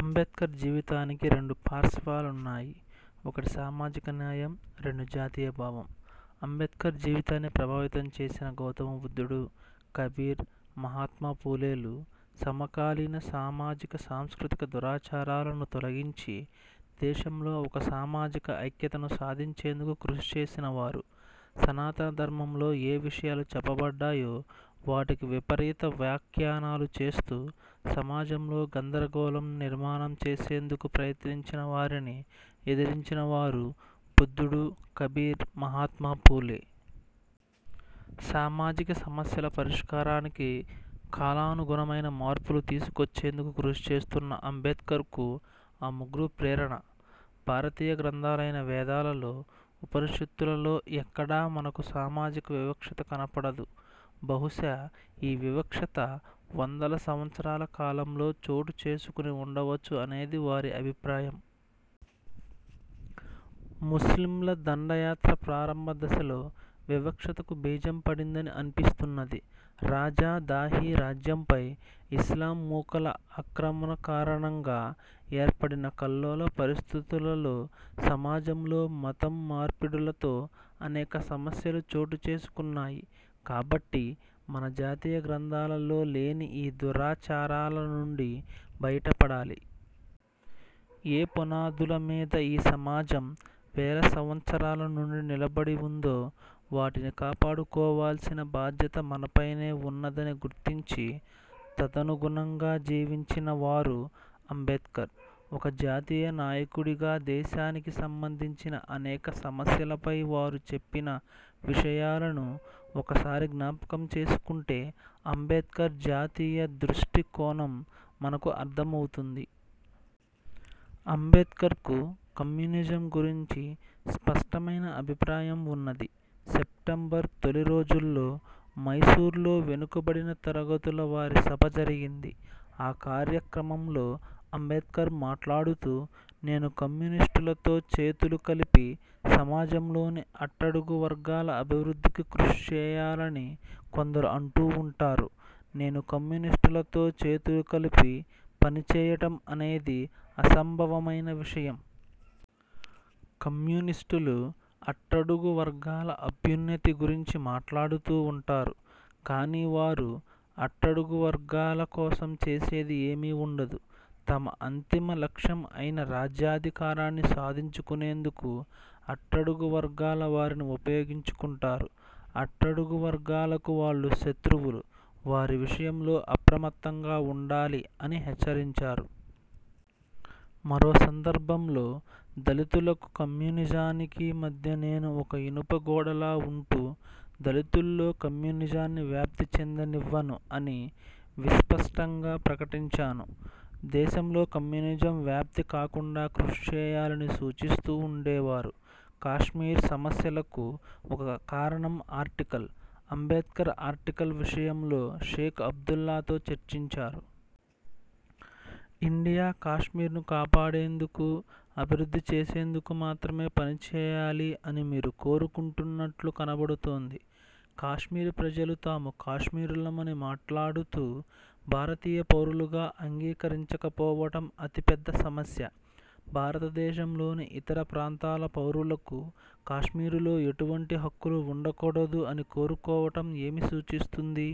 అంబేడ్కర్ జీవితానికి రెండు పార్శ్వాలున్నాయి. ఒకటి సామాజిక న్యాయం, రెండు జాతీయ భావం. అంబేడ్కర్ జీవితాన్ని ప్రభావితం చేసిన గౌతమ బుద్దుడు, కబీర్, మహత్మఫూలేలు సమకాలీన సామాజిక సాంస్కృతిక దురాచారాలను తొలగించి దేశంలో ఒక సామాజిక ఐక్యతను సాధించేందుకు కృషి చేసినవారు. సనాతన ధర్మంలో ఏ విషయాలు చెప్పబడ్డాయో వాటికి విపరీత వ్యాఖ్యనాలు చేస్తూ సమాజంలో గందరగోళం నిర్మాణం చేసేందుకు ప్రయత్నించిన వారిని ఎదిరించినవారు బుద్ధుడు, కబీర్, మహత్మఫూలే. సామాజిక సమస్యల పరిష్కారానికి కాలనుగుణమైన మార్పులు తీసుకొచ్చేందుకు కృషి చేస్తున్న అంబేడ్కర్కు ఆ ముగ్గురు ప్రేరణ. భారతీయ గ్రంథాలైన వేదాలలో ఉపనిషత్తులలో ఎక్కడా మనకు సామాజిక వివక్షత కనపడదు. బహుశ ఈ వివక్షత –- వందల సంవత్సరాల కాలంలో చోటు చేసుకుని ఉండవచ్చు అనేది వారి అభిప్రాయం. ముస్లింల దండయాత్ర ప్రారంభ దశలో వివక్షతకు బీజం పడిందని అన్పిస్తున్నది. రాజా దాహీ రాజ్యంపై ఇస్లాం మూకల అక్రమణ కారణంగా ఏర్పడిన కల్లోల పరిస్థితులలో సమాజంలో మతం మార్పిడులతో అనేక సమస్యలు చోటుచేసుకున్నాయి. కాబట్టి మన జాతీయ గ్రంథాలలో లేని ఈ దురాచారాల నుంచి బయట పడాలి. ఏ పునాదుల మీద ఈ సమాజం వేల సంవత్సారాల నుంచి నిలబడి ఉందో వాటిని కాపాడుకోవాల్సిన బాధ్యత మనపైనే ఉన్నదని గుర్తించి, తదనుగుణంగా జీవించిన వారు అంబేడ్కర్. ఒక జాతీయ నాయకుడిగా దేశానికి సంబంధించిన అనేక సమస్యలపై వారు చెప్పిన విషయాలను ఒకసారి జ్ఞాపకం చేసుకుంటే అంబేడ్కర్ జాతీయ దృష్టి కోణం మనకు అర్థమవుతుంది. అంబేడ్కర్కు కమ్యూనిజం గురించి స్పష్టమైన అభిప్రాయం ఉన్నది. సెప్టెంబర్ తొలి రోజుల్లో మైసూర్లో వెనుకబడిన తరగతుల వారి సభ జరిగింది. ఆ కార్యక్రమంలో అంబేడ్కర్ మాట్లాడుతూ 'నేను కమ్యూనిస్టులతో చేతులు కలిపి సమాజంలోని అట్టడుగు వర్గాల అభివృద్ధికి కృషి చేయాలని కొందరు అంటూ ఉంటారు. నేను కమ్యూనిస్టులతో చేతులు కలిపి పని చేయటం అనేది అసంభవమైన విషయం. కమ్యూనిస్టులు అట్టడుగు వర్గాల అభ్యున్నతి గురించి మాట్లాడుతూ ఉంటారు. కానీ వారు అట్టడుగు వర్గాల కోసం చేసేది ఏమీ ఉండదు. తమ అంతిమ లక్ష్యం అయిన రాజ్యాధికారాన్ని సాధించుకునేందుకు అట్టడుగు వర్గాల వారిని ఉపయోగించుకుంటారు. అట్టడుగు వర్గాలకు వాళ్లు శత్రువులు. వారి విషయంలో అప్రమత్తంగా ఉండాలి' అని హెచ్చరించారు. మరో సందర్భంలో 'దళితులకు కమ్యూనిజానికి మధ్య నేను ఒక ఇనుప గోడలా ఉంటూ దళితుల్లో కమ్యూనిజాన్ని వ్యాప్తి చెందనివ్వను' అని విస్పష్టంగా ప్రకటించారు. దేశంలో కమ్యూనిజం వ్యాప్తి కాకుండా కృషి చేయాలని సూచిస్తూ ఉండేవారు. కాశ్మీర్ సమస్యకు ఒక కారణం ఆర్టికల్. అంబేడ్కర్ ఆర్టికల్ విషయంలో షేక్ అబ్దుల్లాతో చర్చించారు. 'ఇండియా కాశ్మీర్ను కాపాడేందుకు, అభివృద్ధి చేసేందుకు మాత్రమే పని చేయాలి అని మీరు కోరుకుంటున్నట్లు కనబడుతోంది. కాశ్మీర్ ప్రజలు తాము కాశ్మీరులమని మాట్లాడుతూ భారతీయ పౌరులుగా అంగీకరించకపోవటం అతి పెద్ద సమస్య. భారతదేశంలోని ఇతర ప్రాంతాల పౌరులకు కాశ్మీరులో ఎటువంటి హక్కులు ఉండకూడదు అని కోరుకోవటం ఏమి సూచిస్తుంది?